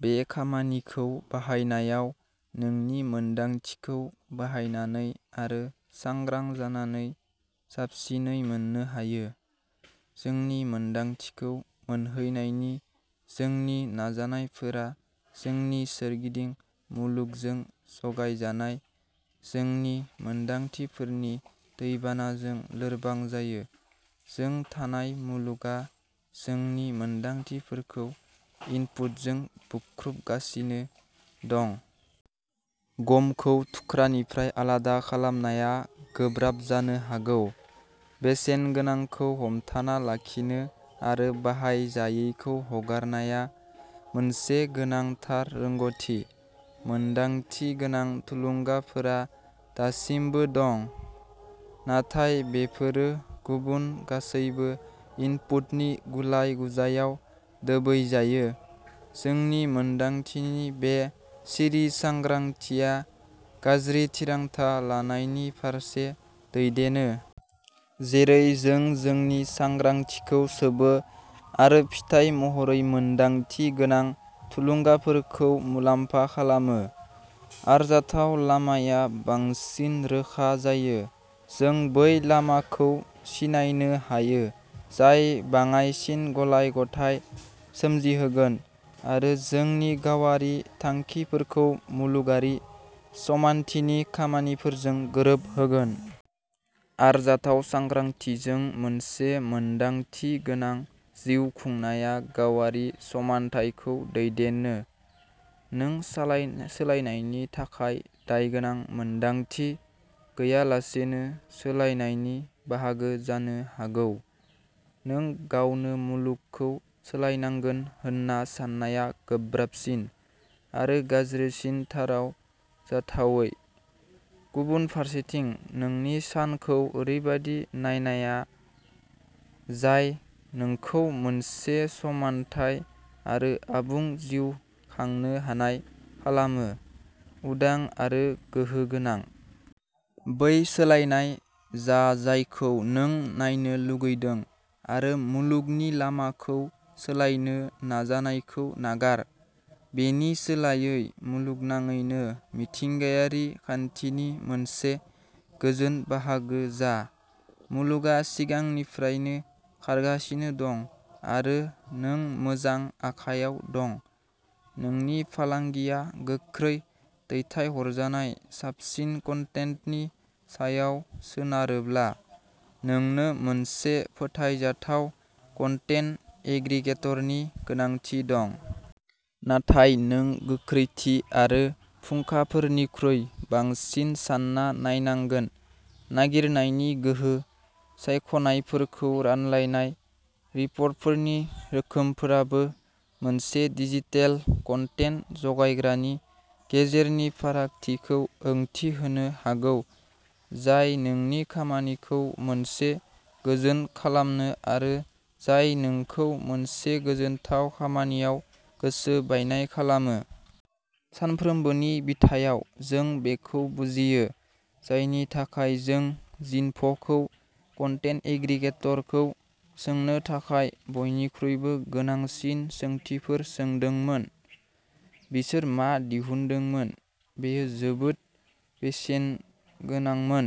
बे खामानिखौ बाहायनायाव नोंनि मोनदांथिखौ बाहायनानै आरो सांग्रां जानानै साबसिनै मोन्नो हायो। जोंनि मोनदांथिखौ मोनहैनायनि जोंनि नाजानायफोरा जोंनि सोरगिदिं मुलुगजों जगायजानाय जोंनि मोनदांथिफोरनि दैबानाजों लोरबां जायो। जों थानाय मुलुगआ जोंनि मोनदांथिफोरखौ इनपुटजों बुख्रुबगासिनो दं। गमखौ थुख्रानिफ्राय आलादा खालामनाया गोब्राब जानो हागौ। बेसेनगोनांखौ हमथाना लाखिनो आरो बाहायजायैखौ हगारनाया मोनसे गोनांथार रोंग'थि। मोनदांथि गोनां थुलुंगाफोरा दासिमबो दं, नाथाय बेफोरो गुबुन गासैबो इनपुटनि गुलाय-गुजायआव दोबैजायो। जोंनि मोनदांथिनि बे सिरि सांग्रांथिया गाज्रि थिरांथा लानायनि फारसे दैदेनो। जेरै जों जोंनि सांग्रांथिखौ सोबो आरो फिथाय महरै मोनदांथि गोनां थुलुंगाफोरखौ मुलाम्फा खालामो, आरजाथाव लामाया बांसिन रोखा जायो। जों बै लामाखौ सिनायनो हायो जाय बाङाइसिन गलायथाय सोमजिहोगोन आरो जोंनि गावारि थांखिफोरखौ मुलुगारि समानथिनि खामानिफोरजों गोरोबहोगोन। आरजाथाव सांग्रांथिजों मोनसे मोनदांथि गोनां जिउ खुंनाया गावारि समान्थायखौ दैदेनो। नों सोलायनायनि थाखाय दायगोनां मोन्दांथि गैयालासेनो सोलायनायनि बाहागो जानो हागौ। नों गावनो मुलुगखौ सोलायनांगोन होन्ना साननाया गोब्राबसिन आरो गाज्रिसिनथाराव जाथावै। गुबुन फारसेथिं, नोंनि सानखौ ओरैबायदि नायनाया जाय नोंखौ मोनसे समानथाय आरो आबुं जिउ खांनो हानाय खालामो, उदां आरो गोहो गोनां। बै सोलायनाय जा जायखौ नों नायनो लुगैदों आरो मुलुगनि लामाखौ सोलायनो नाजानायखौ नागार। बेनि सोलायै मुलुगनाङैनो मिथिंगायारि खान्थिनि मोनसे गोजोन बाहागो जा। मुलुगआ सिगांनिफ्रायनो खारगासिनो दं आरो नों मोजां आखायाव दं। नोंनि फालांगिया गोख्रै दैथायहरजानाय साबसिन कन्टेन्टनि सायाव सोनारोब्ला, नोंनो मोनसे फोथायजाथाव कन्टेन्ट एग्रिगेटरनि गोनांथि दं। नाथाय नों गोख्रैथि आरो फुंखाफोरनिख्रुइ बांसिन सान्ना नायनांगोन-नागिरनायनि गोहो, सायख'नायफोरखौ रानलायनाय, रिपर्टफोरनि रोखोमफोराबो मोनसे डिजिटेल कन्टेन्ट जगायग्रानि गेजेरनि फारागथिखौ ओंथि होनो हागौ जाय नोंनि खामानिखौ मोनसे गोजोन खालामो आरो जाय नोंखौ मोनसे गोजोनथाव खामानियाव गोसो बायनाय खालामो। सानफ्रोमबोनि बिथायाव। जों बेखौ बुजियो, जायनि थाखाय जों जिनफ'खौ कन्टेन्ट एग्रिगेटरखौ सोंनो थाखाय बयनिख्रुइबो गोनांसिन सोंथिफोर सोंदोंमोन। बिसोर मा दिहुनदोंमोन बेयो जोबोद बेसेनगोनांमोन,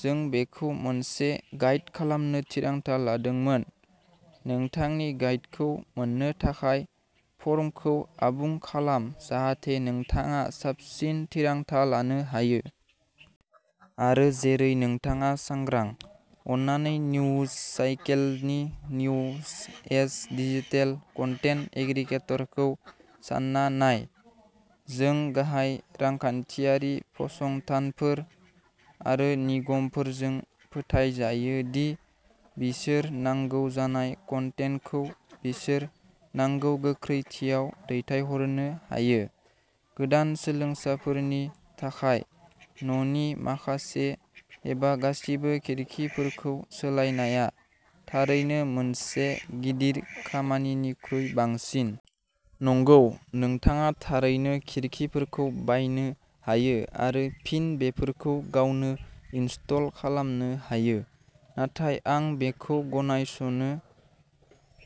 जों बेखौ मोनसे गाइड खालामनो थिरांथा लादोंमोन। नोंथांनि गाइडखौ मोन्नो थाखाय फर्मखौ आबुं खालाम जाहाथे नोंथाङा साबसिन थिरांथा लानो हायो।... आरो जेरै नोंथाङा सांग्रां, अन्नानै निउजसाइकेलनि निउजएज डिजिटेल कन्टेन्ट एग्रिगेटरखौ सान्ना नाय। जों गाहाय रांखान्थियारि फसंथानफोर आरो निगमफोरजों फोथायजायो दि बिसोर नांगौ जानाय कन्टेन्टखौ बिसोर नांगौ गोख्रैथियाव दैथायहरनो हायो। गोदान सोलोंसाफोरनि थाखाय, न'नि माखासे एबा गासिबो खिरखिफोरखौ सोलायनाया थारैनो मोनसे गिदिर खामानिनिख्रुइ बांसिन। नंगौ, नोंथाङा थारैनो खिरखिफोरखौ बायनो हायो आरो फिन बेफोरखौ गावनो इनस्टल खालामनो हायो, नाथाय आं बेखौ गनायस'नो,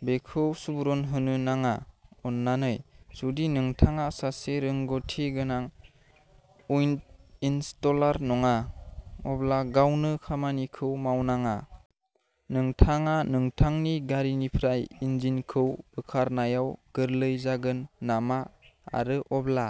बेखौ सुबुरुन होनो नाङा। अन्नानै, जुदि नोंथाङा सासे रोंग'थि गोनां उइन्ड'इनस्टलार नङा, अब्ला गावनो खामानिखौ मावनाङा। नोंथाङा नोंथांनि गारिनिफ्राय इन्जिनखौ बोखारनायाव गोरलै जागोन नामा आरो अब्ला